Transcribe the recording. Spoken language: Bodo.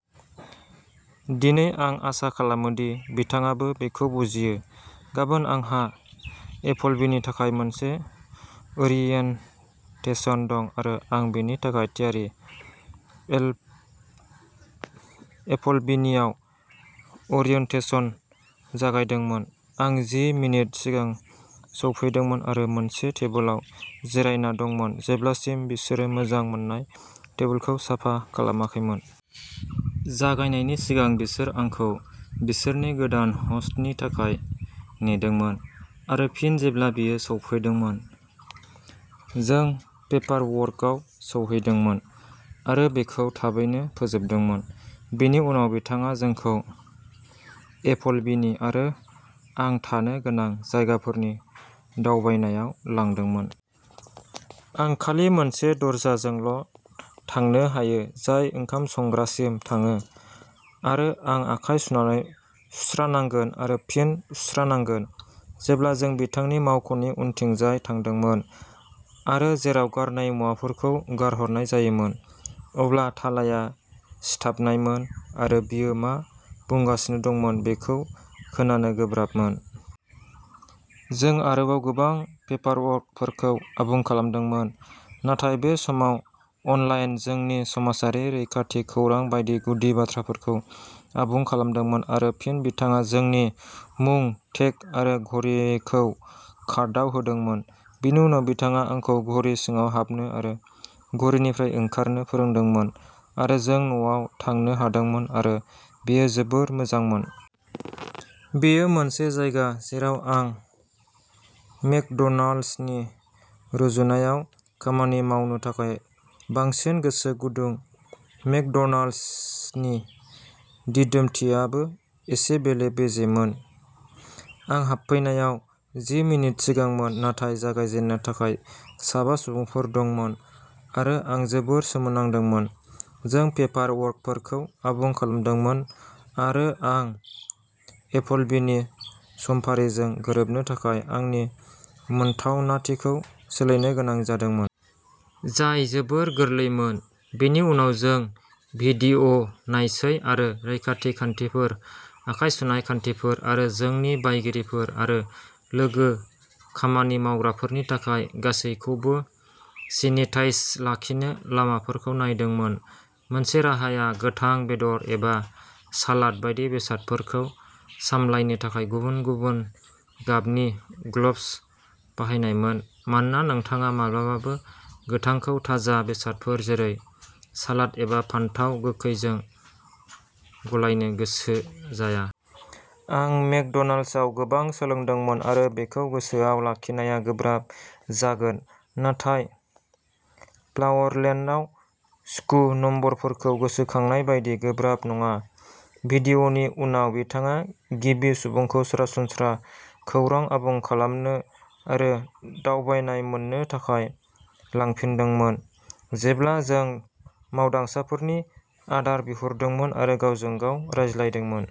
दिनै, आं आसा खालामो दि बिथाङाबो बेखौ बुजियो। गाबोन, आंहा एपलबिनि थाखाय मोनसे ओरियेन्टेशन दं आरो आं बेनि थाखाय थियारि। एलप एपलबिनिआव ओरियेन्टेशन जागायदोंमोन। आं जि मिनिट सिगां सौफैदोंमोन आरो मोनसे टेबोलाव जिरायना दंमोन जेब्लासिम बिसोरो मोजां मोन्नाय टेबोलखौ साफा खालामाखैमोन। जागायनायनि सिगां, बिसोर आंखौ बिसोरनि गोदान ह'स्टनि थाखाय नेदोंमोन आरो फिन जेब्ला बियो सौफैदोंमोन, जों पेपारवर्कआव सौहैदोंमोन आरो बेखौ थाबैनो फोजोबदोंमोन। बिनि उनाव बिथाङा जोंखौ एपलबिनि आरो आं थानो गोनां जायगाफोरनि दावबायनायाव लांदोंमोन। आं खालि मोनसे दरजाजोंल'थांनो हायो जाय ओंखाम संग्रासिम थाङो आरो आं आखाइ सुनानै सुस्रानांगोन आरो फिन सुस्रानांगोन। जेब्ला जों बिथांनि मावख'नि उनथिंजाय थांदोंमोन आरो जेराव गारनाय मुवाफोरखौ गारहरनाय जायोमोन, अब्ला थालाया सिथाबनायमोन आरो बियो मा बुंगासिनो दंमोन बेखौ खोनानो गोब्राबमोन। जों आरोबाव गोबां पेपारवर्कफोरखौ आबुं खालामदोंमोन, नाथाय बे समाव अनलाइन जोंनि समाजारि रैखाथि खौरां बायदि गुदि बाथ्राफोरखौ आबुं खालामदोंमोन आरो फिन बिथाङा जोंनि मुं टेग आरो घरिखौ कार्डआव होदोंमोन। बेनि उनाव, बिथाङा आंखौ घरि सिङाव हाबनो आरो घरिनिफ्राय ओंखारनो फोरोंदोंमोन आरो जों न'आव थांनो हादोंमोन आरो बेयो जोबोद मोजांमोन। बेयो मोनसे जायगा जेराव आं मेकड'नाल्ड्सनि रुजुनायाव खामानि मावनो थाखाय बांसिन गोसो गुदुं। मेकड'नाल्ड्सनि दिदोमथिआबो एसे बेले-बेजेमोन। आं हाबफैनायाव जि मिनिट सिगांमोन नाथाय जागायजेननो थाखाय साबा सुबुंफोर दंमोन आरो आं जोबोद सोमोनांदोंमोन। जों पेपारवर्कफोरखौ आबुं खालामदोंमोन आरो आं एपलबिनि समफारिजों गोरोबनो थाखाय आंनि मोनथावनाथिखौ सोलायनो गोनां जादोंमोन। जाय जोबोद गोरलैमोन। बेनि उनाव जों भिडिअ'नायसै आरो रैखाथि खान्थिफोर, आखाइ सुनाय खान्थिफोर, आरो जोंनि बायगिरिफोर आरो लोगो खामानि मावग्राफोरनि थाखाय गासैबोखौ सेनिताइज लाखिनो लामाफोरखौ नायदोंमोन। मोनसे राहाया गोथां बेदर एबा सालाद बायदि बेसादफोरखौ सामलायनो थाखाय गुबुन-गुबुन गाबनि ग्लब्स बाहायनायमोन मानोना नोंथाङा माब्लाबाबो गोथांखौ ताजा बेसादफोर जेरै सालाद एबा फानथाव गोखैजों गलायनो गोसो जाया। आं मेकड'नाल्ड्सआव गोबां सोलोंदोंमोन आरो बेखौ गोसोआव लाखिनाया गोब्राब जागोन नाथाय फ्लावरलेन्डआव स्कु नम्बरफोरखौ गोसोखांनाय बायदि गोब्राब नङा। भिडिअ'नि उनाव बिथाङा गिबि सुबुंखौ सरासनस्रा खौरां आबुं खालामनो आरो दावबायनाय मोन्नो थाखाय लांफिनदोंमोन जेब्ला जों मावदांसाफोरनि आदार बिहरदोंमोन आरो गावजों-गाव रायज्लायदोंमोन।